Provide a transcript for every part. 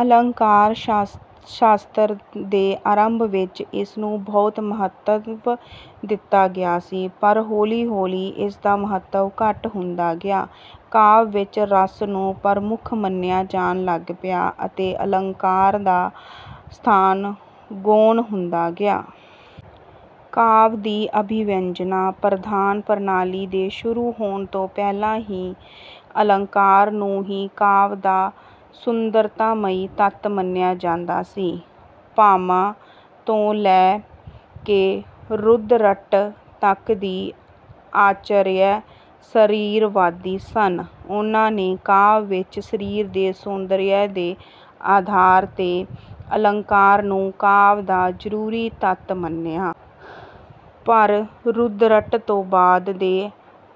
ਅਲੰਕਾਰ-ਸ਼ਾਸਤਰ ਦੇ ਆਰੰਭ ਵਿੱਚ ਇਸਨੂੰ ਬਹੁਤ ਮਹੱਤਵ ਦਿੱਤਾ ਗਿਆ ਸੀ, ਪਰ ਹੌਲੀ-ਹੌਲੀ ਇਸਦਾ ਮਹੱਤਵ ਘੱਟ ਹੁੰਦਾ ਗਿਆ। ਕਾਵਿ ਵਿੱਚ ਰਸ ਨੂੰ ਪ੍ਰਮੁੱਖ ਮੰਨਿਆ ਜਾਣ ਲੱਗ ਪਿਆ ਅਤੇ ਅਲੰਕਾਰ ਦਾ ਸਥਾਨ ਗੌਣ ਹੁੰਦਾ ਗਿਆ। ਕਾਵਿ ਦੀ ਅਭਿਵਿਅੰਜਨਾ ਪ੍ਰਧਾਨ ਪ੍ਰਣਾਲੀ ਦੇ ਸ਼ੁਰੂ ਹੋਣ ਤੋਂ ਪਹਿਲਾਂ ਅਲੰਕਾਰ ਨੂੰ ਹੀ ਕਾਵਿ ਦਾ ਸੁੰਦਰਤਾਮਈ ਤੱਤ ਮੰਨਿਆ ਜਾਂਦਾ ਸੀ। ਭਾਮਹ ਤੋਂ ਲੈ ਕੇ ਰੁਦਰਟ ਤੱਕ ਦੇ ਆਚਾਰੀਆ ਸਰੀਰਵਾਦੀ ਸਨ। ਉਹਨਾਂ ਨੇ ਕਾਵਿ ਵਿੱਚ ਸਰੀਰ ਦੇ ਸੌਂਦਰਯ ਦੇ ਆਧਾਰ 'ਤੇ ਅਲੰਕਾਰ ਨੂੰ ਕਾਵਿ ਦਾ ਜ਼ਰੂਰੀ ਤੱਤ ਮੰਨਿਆ। ਪਰ ਰੁਦਰਟ ਤੋਂ ਬਾਅਦ ਦੇ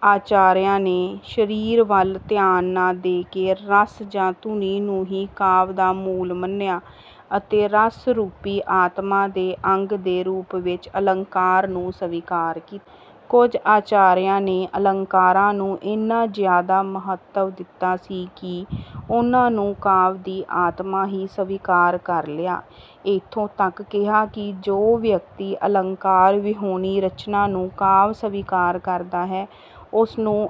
ਆਚਾਰੀਆਂ ਨੇ ਸਰੀਰ ਵੱਲ ਧਿਆਨ ਨਾ ਦੇ ਕੇ, ਰਸ ਜਾਂ ਧੁਨੀ ਨੂੰ ਹੀ ਕਾਵਿ ਦਾ ਮੂਲ ਮੰਨਿਆ ਅਤੇ ਰਸ ਰੂਪੀ ਆਤਮਾ ਦੇ ਅੰਗ ਦੇ ਰੂਪ ਵਿੱਚ ਅਲੰਕਾਰ ਨੂੰ ਸਵੀਕਾਰ ਕੀਤਾ। ਕੁਝ ਆਚਾਰੀਆਂ ਨੇ ਅਲੰਕਾਰਾਂ ਨੂੰ ਇੰਨਾ ਜ਼ਿਆਦਾ ਮਹੱਤਵ ਦਿੱਤਾ ਸੀ ਕਿ ਉਹਨਾਂ ਨੂੰ ਕਾਵਿ ਦੀ ਆਤਮਾ ਹੀ ਸਵੀਕਾਰ ਕਰ ਲਿਆ। ਇੱਥੋਂ ਤੱਕ ਕਿਹਾ ਕਿ ਜੋ ਵਿਅਕਤੀ ਅਲੰਕਾਰ ਵਿਹੂਣੀ ਰਚਨਾ ਨੂੰ 'ਕਾਵਿ' ਸਵੀਕਾਰ ਕਰਦਾ ਹੈ, ਉਸ ਨੂੰ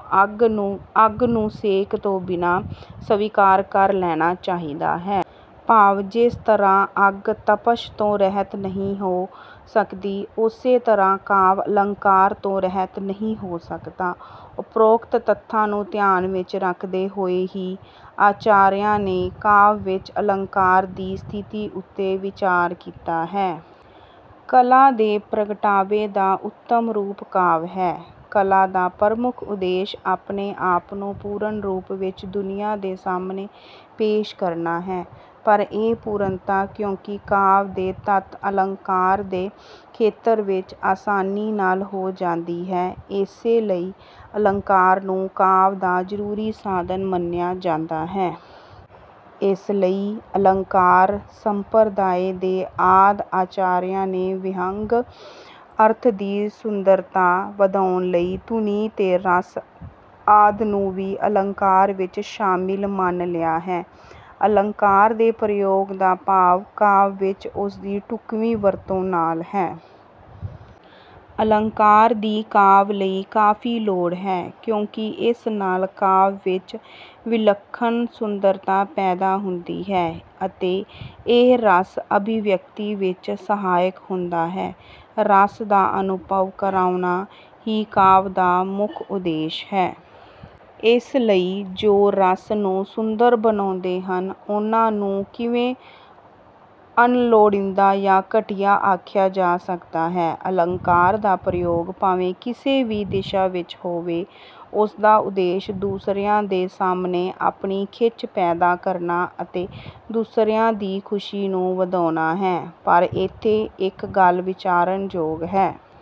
ਅੱਗ ਨੂੰ ਸੇਕ ਤੋਂ ਬਿਨਾਂ ਸਵੀਕਾਰ ਕਰ ਲੈਣਾ ਚਾਹੀਦਾ ਹੈ। ਭਾਵ ਜਿਸ ਤਰ੍ਹਾਂ ਅੱਗ ਤਪਸ਼ ਤੋਂ ਰਹਿਤ ਨਹੀਂ ਹੋ ਸਕਦੀ, ਉਸੇ ਤਰ੍ਹਾਂ ਕਾਵਿ 'ਅਲੰਕਾਰ' ਤੋਂ ਰਹਿਤ ਨਹੀਂ ਹੋ ਸਕਦਾ। ਉਪਰੋਕਤ ਤੱਥਾਂ ਨੂੰ ਧਿਆਨ ਵਿੱਚ ਰੱਖਦੇ ਹੋਏ ਹੀ ਆਚਾਰੀਆਂ ਨੇ ਕਾਵਿ ਵਿੱਚ ਅਲੰਕਾਰ ਦੀ ਸਥਿਤੀ ਉੱਤੇ ਵਿਚਾਰ ਕੀਤਾ ਹੈ। ਕਲਾ ਦੇ ਪ੍ਰਗਟਾਵੇ ਦਾ ਉੱਤਮ ਰੂਪ 'ਕਾਵਿ' ਹੈ। ਕਲਾ ਦਾ ਪ੍ਰਮੁੱਖ ਉਦੇਸ਼ ਆਪਣੇ ਆਪ ਨੂੰ ਪੂਰਨ ਰੂਪ ਵਿੱਚ ਦੁਨੀਆਂ ਦੇ ਸਾਹਮਣੇ ਪੇਸ਼ ਕਰਨਾ ਹੈ, ਪਰ ਇਹ ਪੂਰਨਤਾ ਕਿਉਂਕਿ ਕਾਵਿ ਦੇ ਤੱਤ 'ਅਲੰਕਾਰ' ਦੇ ਖੇਤਰ ਵਿੱਚ ਆਸਾਨੀ ਨਾਲ ਹੋ ਜਾਂਦੀ ਹੈ, ਇਸੇ ਲਈ ਅਲੰਕਾਰ ਨੂੰ ਕਾਵਿ ਦਾ ਜ਼ਰੂਰੀ ਸਾਧਨ ਮੰਨਿਆ ਜਾਂਦਾ ਹੈ। ਇਸ ਲਈ ਅਲੰਕਾਰ ਸੰਪਰਦਾਇ ਦੇ ਆਦਿ ਆਚਾਰੀਆਂ ਨੇ ਵਿਅੰਗ ਅਰਥ ਦੀ ਸੁੰਦਰਤਾ ਵਧਾਉਣ ਲਈ 'ਧੁਨੀ ਤੇ ਰਸ' ਆਦਿ ਨੂੰ ਵੀ ਅਲੰਕਾਰ ਵਿੱਚ ਸ਼ਾਮਿਲ ਮੰਨ ਲਿਆ ਹੈ। ਅਲੰਕਾਰ ਦੇ ਪ੍ਰਯੋਗ ਦਾ ਭਾਵ ਕਾਵਿ ਵਿੱਚ ਉਸਦੀ ਢੁੱਕਵੀਂ ਵਰਤੋਂ ਨਾਲ ਹੈ। ਅਲੰਕਾਰ ਦੀ ਕਾਵਿ ਲਈ ਕਾਫ਼ੀ ਲੋੜ ਹੈ ਕਿਉਂਕਿ ਇਸ ਨਾਲ ਕਾਵਿ ਵਿੱਚ ਵਿਲੱਖਣ ਸੁੰਦਰਤਾ ਪੈਦਾ ਹੁੰਦੀ ਹੈ ਅਤੇ ਇਹ ਰਸ ਅਭਿਵਿਅਕਤੀ ਵਿੱਚ ਸਹਾਇਕ ਹੁੰਦਾ ਹੈ। ਰਸ ਦਾ ਅਨੁਭਵ ਕਰਵਾਉਣਾ ਹੀ ਕਾਵਿ ਦਾ ਮੁੱਖ ਉਦੇਸ਼ ਹੈ। ਇਸ ਲਈ ਜੋ ਰਸ ਨੂੰ ਸੁੰਦਰ ਬਣਾਉਂਦੇ ਹਨ, ਉਹਨਾਂ ਨੂੰ ਕਿਵੇਂ ਅਣਲੋੜੀਂਦਾ ਜਾਂ ਘਟੀਆ ਆਖਿਆ ਜਾ ਸਕਦਾ ਹੈ। ਅਲੰਕਾਰ ਦਾ ਪ੍ਰਯੋਗ ਭਾਵੇਂ ਕਿਸੇ ਵੀ ਦਿਸ਼ਾ ਵਿੱਚ ਹੋਵੇ, ਉਸਦਾ ਉਦੇਸ਼ ਦੂਸਰਿਆਂ ਦੇ ਸਾਹਮਣੇ ਆਪਣੀ ਖਿੱਚ ਪੈਦਾ ਕਰਨਾ ਅਤੇ ਦੂਸਰਿਆਂ ਦੀ ਖੁਸ਼ੀ ਨੂੰ ਵਧਾਉਣਾ ਹੈ। ਪਰ ਇੱਥੇ ਇੱਕ ਗੱਲ ਵਿਚਾਰਨ ਯੋਗ ਹੈ।